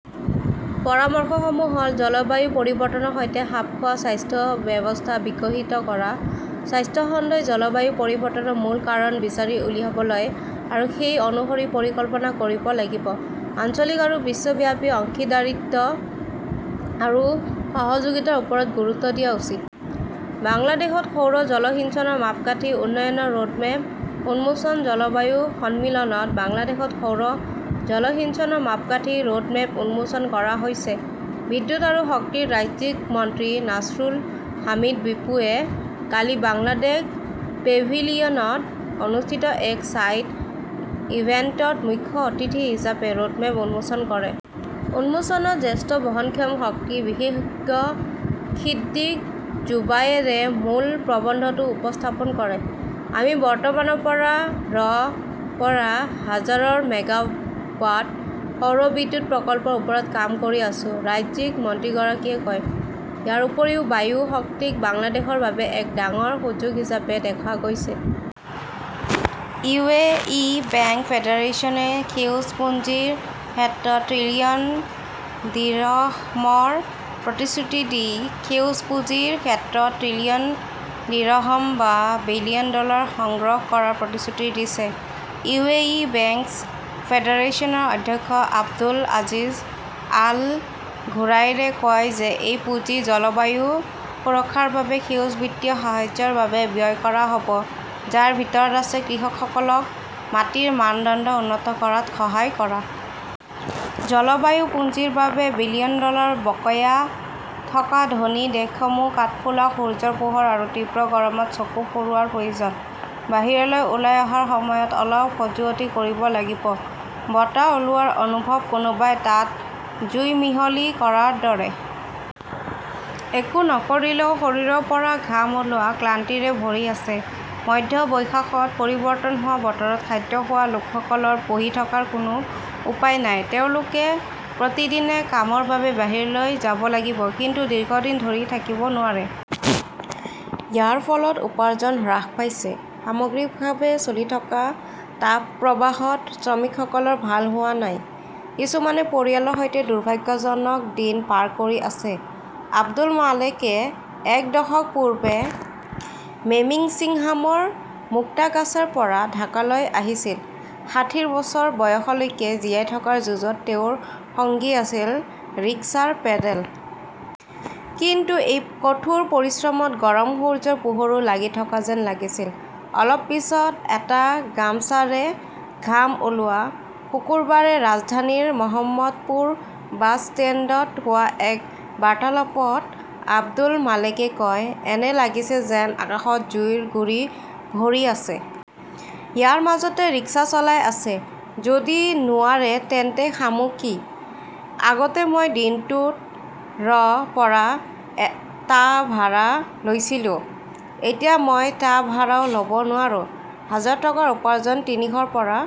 পৰামৰ্শসমূহ হ "ল-জলবায়ু পৰিৱৰ্তনৰ সৈতে খাপ খোৱা স্বাস্থ্য ব্যৱস্থা বিকশিত কৰা। স্বাস্থ্য খণ্ডই জলবায়ু পৰিৱৰ্তনৰ মূল কাৰণ বিচাৰি উলিয়াবলৈ আৰু সেই অনুসৰি পৰিকল্পনা কৰিব লাগিব। আঞ্চলিক আৰু বিশ্বব্যাপী অংশীদাৰিত্ব আৰু সহযোগিতাৰ ওপৰত গুৰুত্ব দিয়া উচিত। বাংলাদেশত সৌৰ জলসিঞ্চনৰ মাপকাঠি উন্নয়নৰ ৰোডমেপ উন্মোচন জলবায়ু সন্মিলনত বাংলাদেশত সৌৰ জলসিঞ্চনৰ মাপকাঠি ৰোডমেপ উন্মোচন কৰা হৈছে। বিদ্যুৎ আৰু শক্তিৰ ৰাজ্যিক মন্ত্ৰী নাছৰুল হামিদ বিপুৱে কালি বাংলাদেশ পেভিলিয়নত অনুষ্ঠিত এক সাইড ইভেণ্টত মুখ্য অতিথি হিচাপে ৰোডমেপ উন্মোচন কৰে। অনুষ্ঠানত জ্যেষ্ঠ বহনক্ষম শক্তি বিশেষজ্ঞ সিদ্দিক জোবায়েৰে মূল প্ৰবন্ধটো উপস্থাপন কৰে। আমি বৰ্তমান ৰ পৰা ৰ পৰা হাজাৰ মেগাৱাট সৌৰ বিদ্যুৎ প্ৰকল্পৰ ওপৰত কাম কৰি আছো ", ৰাজ্যিক মন্ত্ৰীগৰাকীয়ে কয়। ইয়াৰ উপৰিও বায়ু শক্তিক বাংলাদেশৰ বাবে এক ডাঙৰ সুযোগ হিচাপে দেখা গৈছে। ইউ. এ. ই. বেংক ফেডাৰেচনে সেউজ পুঁজিৰ ক্ষেত্ৰত ত্ৰিলিয়ন দিৰহমৰ প্ৰতিশ্ৰুতি দি সেউজ পুঁজিৰ ক্ষেত্ৰত ত্ৰিলিয়ন দিৰহম বা বিলিয়ন ডলাৰ সংগ্ৰহ কৰাৰ প্ৰতিশ্ৰুতি দিছে। ইউ. এ. ই. বেংকছ ফেডাৰেচনৰ অধ্যক্ষ আব্দুল আজিজ আল ঘুৰাইৰে কয় যে এই পুঁজি জলবায়ু সুৰক্ষাৰ বাবে সেউজ বিত্তীয় সাহায্যৰ বাবে ব্যয় কৰা হ 'ব, যাৰ ভিতৰত আছে কৃষকসকলক মাটিৰ মানদণ্ড উন্নত কৰাত সহায় কৰা। জলবায়ু পুঁজিৰ বাবে বিলিয়ন ডলাৰ বকেয়া থকা ধনী দেশসমূহ কাঠফুলা সূৰ্যৰ পোহৰ আৰু তীব্ৰ গৰমত চকু ফুৰোৱাৰ প্ৰয়োজন। বাহিৰলৈ ওলাই অহাৰ সময়ত অলপ খজুৱতি কৰিব লাগিব। বতাহ ওলোৱাৰ অনুভৱ-কোনোবাই তাত জুই মিহলি কৰাৰ দৰে। একো নকৰিলেও শৰীৰৰ পৰা ঘাম ওলোৱা। ক্লান্তিৰে ভৰি আছে। মধ্য বৈশাখত পৰিৱৰ্তন হোৱা বতৰত খাদ্য খোৱা লোকসকলৰ বহি থকাৰ কোনো উপায় নাই। তেওঁলোকে প্ৰতিদিনে কামৰ বাবে বাহিৰলৈ যাব লাগিব। কিন্তু দীৰ্ঘদিন ধৰি থাকিব নোৱাৰে। ইয়াৰ ফলত উপাৰ্জন হ্ৰাস পাইছে। সামগ্ৰিকভাৱে চলি থকা তাপপ্ৰবাহত শ্ৰমিকসকলৰ ভাল হোৱা নাই। কিছুমানে পৰিয়ালৰ সৈতে দুৰ্ভাগ্যজনক দিন পাৰ কৰি আছে। আব্দুল মালেকে এক দশক পূৰ্বে মেমিন্সিংহামৰ মুক্তাগাছাৰ পৰা ঢাকালৈ আহিছিল। ষাঠিৰ বছৰ বয়সলৈকে জীয়াই থকাৰ যুঁজত তেওঁৰ সঙ্গী আছিল ৰিক্সাৰ পেডেল। কিন্তু এই কঠোৰ পৰিশ্ৰমত গৰম সূৰ্যৰ পোহৰো লাগি থকা যেন লাগিছিল। অলপ পিছত এটা গামছাৰে ঘাম ওলোৱা। শুকুৰবাৰে ৰাজধানীৰ মহম্মদপুৰ বাছ ষ্টেণ্ডত হোৱা এক বাৰ্তালাপত আব্দুল মালেকে কয়, "এনে লাগিছে যেন আকাশত জুইৰ গুৰি ভৰি আছে। ইয়াৰ মাজতে ৰিক্সা চলাই আছে। যদি নোৱাৰে তেন্তে খামু কি? আগতে মই দিনটোত ৰ পৰা টা ভাড়া লৈছিলোঁ; এতিয়া মই টা ভাড়াও ল "ব নোৱাৰোঁ। হাজাৰ টকাৰ উপাৰ্জন তিনিশৰ পৰা